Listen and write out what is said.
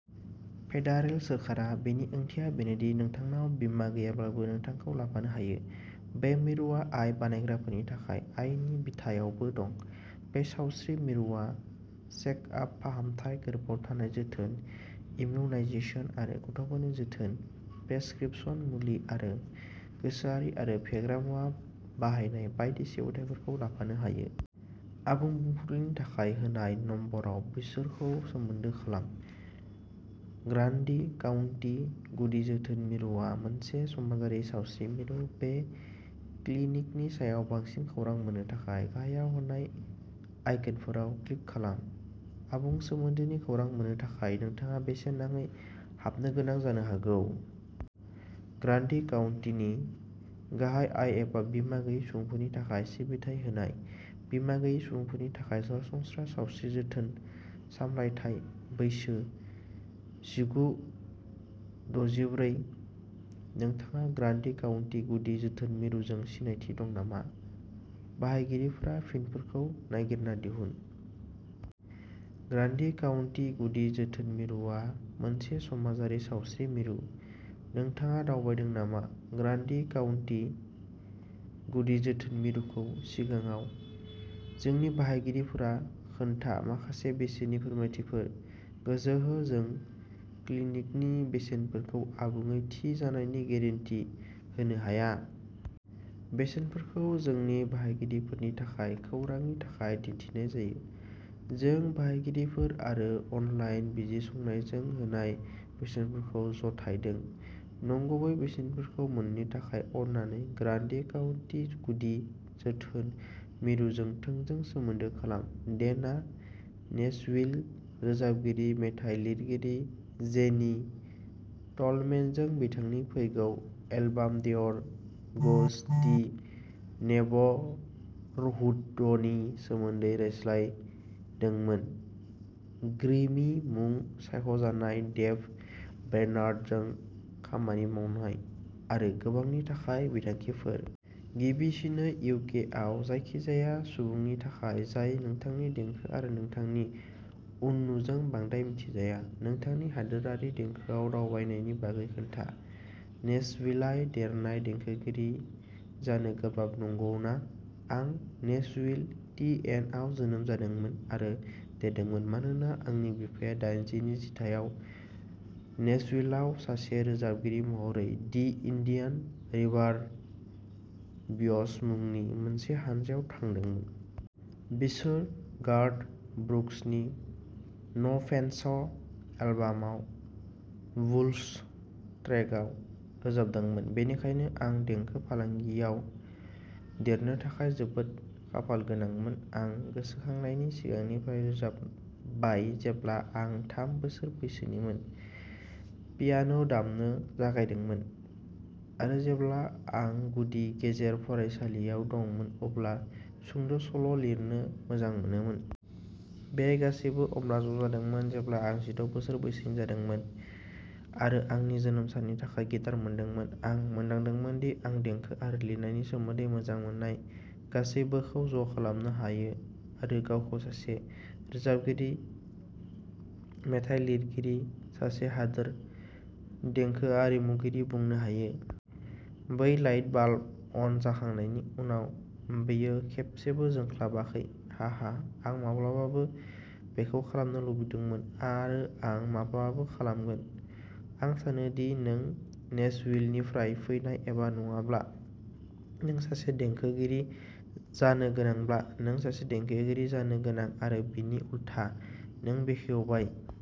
Federal सोरखार। बेनि ओंथिया बेनोदि नोंथांनाव बीमा गैयाब्लाबो नोंथांखौ लाफानो हायो। बे मिरुआ आय बानायग्राफोरनि थाखाय आयनि बिथायावबो दं। बे सावस्रि मिरुआ चेकआप, फाहामथाय, गोर्बोआव थानाय जोथोन, इमिउनायजेसन आरो गथ'फोरनि जोथोन, प्रेसक्रिपशन मुलि आरो गोसोआरि आरो फेग्रा मुवा बाहायनाय बायदि सिबिथाइफोरखौ लाफानो हायो। आबुं बुंफुरलुनि थाखाय होनाय नम्बराव बिसोरखौ सोमोन्दो खालाम। ग्रान्डि काउन्टि गुदि जोथोन मिरुआ मोनसे समाजारि सावस्रि मिरु। बे क्लिनिकनि सायाव बांसिन खौरां मोन्नो थाखाय, गाहायाव होनाय आइकनफोराव क्लिक खालाम। आबुं सोमोन्दोनि खौरां मोननो थाखाय नोंथाङा बेसेन नाङै हाबनो गोनां जानो हागौ। ग्रान्डि काउन्टिनि गाहाय आय एबा बिमा गैयै सुबुंफोरनि थाखाय सिबिथाय होनाय। बिमा गैयै सुबुंफोरनि थाखाय सरासनस्रा सावस्रि जोथोन सामलायथाय बैसो जिगु-दजिबरै। नोंथाङा ग्रान्डि काउन्टि गुदि जोथोन मिरुजों सिनायथि दं नामा? बाहायगिरिफोरा फिनफोरखौ नागिरना दिहुन। ग्रान्डि काउन्टि गुदि जोथोन मिरुआ मोनसे समाजारि सावस्रि मिरु। नोंथाङा दावबायदों नामा? ग्रान्डी काउन्टी गुदि जोथोन मिरुखौ सिगाङाव? जोंनि बाहायगिरिफोरा खोन्था, माखासे बेसेननि फोरमायथिफोर! गोसो हो जों क्लिनिकनि बेसेनफोरखौ आबुङै थि जानायनि गेरेन्टि होनो हाया। बेसेनफोरखौ जोंनि बाहायगिरिफोरनि थाखाय खौरांनि थाखाय दिन्थिनाय जायो। जों बाहायगिरिफोर आरो अनलाइन बिजिरसंनायजों होनाय बेसेनफोरखौ जथायदों। नंगुबै बेसेनफोरखौ मोन्नो थाखाय अन्नानै ग्रान्डी काउन्टी गुदि जोथोन मिरुजों थोंजों सोमोन्दो खालाम। डेनआ नेशविल रोजाबगिरि-मेथाइ लिरगिरि जेनी टलमेनजों बिथांनि फैगौ एलबाम'देयर गोज दि नेब'रहुड'नि सोमोन्दै रायज्लायदोंमोन, ग्रैमी-मुं सायख'जानाय डेभ ब्रेनार्डजों खामानि मावनाय, आरो गोबांनि थाखाय बिथांखिफोर! गिबिसिनै, इउ. के. आव जायखिजाया सुबुंनि थाखाय जाय नोंथांनि देंखो आरो नोंथांनि उननुजों बांद्राय मिथिजाया, नोंथांनि हादोरयारि देंखोआव दावबायनायनि बागै खोन्था... नेशविलाव देरनाय, देंखोगिरि जानो गोब्राब नंगौना? आं नेशविल, टि. एन. आव जोनोम जादोंमोन आरो देरदोंमोन, मानोना आंनि बिफाया दाइनजिनि जिथायाव नेशविलआव सासे रोजाबगिरि महरै दि इन्डियान रिभार ब'य्स मुंनि मोनसे हानजायाव थांदोंमोन। बिसोर। गार्थ ब्रुक्सनि "न'फेन्सेस" एलबामाव "वुल्व्स" ट्रेकआव रोजाबदोंमोन। बेनिखायनो, आं देंखो फालांगियाव देरनो थाखाय जोबोद खाफालगोनांमोन। आं गोसोखांनायनि सिगांनिफ्राय रोजाबबाय, जेब्ला आं थाम बोसोर बैसोनिमोन, पियानो दामनो जागायदोंमोन, आरो जेब्ला आं गुदि ेजेर फरायसालियाव दंमोन अब्ला सुंद'सल'लिरनो मोजां मोनोमोन। बे गासैबो अब्ला ज'जादोंमोन जेब्ला आं जिद' बोसोर बैसोनि जादोंमोन आरो आंनि जोनोम साननि थाखाय गिटार मोनदोंमोन। आं मोनदांदोंमोन दि आं देंखो आरो लिरनायनि सोमोन्दै मोजां मोननाय गासैबोखौ ज'खालामनो हायो आरो गावखौ सासे रोजाबगिरि मेथाइ लिरगिरि-सासे हादोर देंखो आरिमुगिरि बुंनो हायो। बै लाइट बाल्बआ अन जाखांनायनि उनाव, बेयो खेबसेबो जोंख्लाबाखै, हाहा। आं माब्लाबाबो बेखौ खालामनो लुबैदोंमोन, आरो आं माब्लाबाबो खालामगोन। आं सानो दि नों नेशविलनिफ्राय फैनाय एबा नङाब्ला, नों सासे देंखोगिरि जानो गोनांब्ला, नों सासे देंखोगिरि जानो गोनां, आरो बिनि उलथा। नों बेखेवबाय।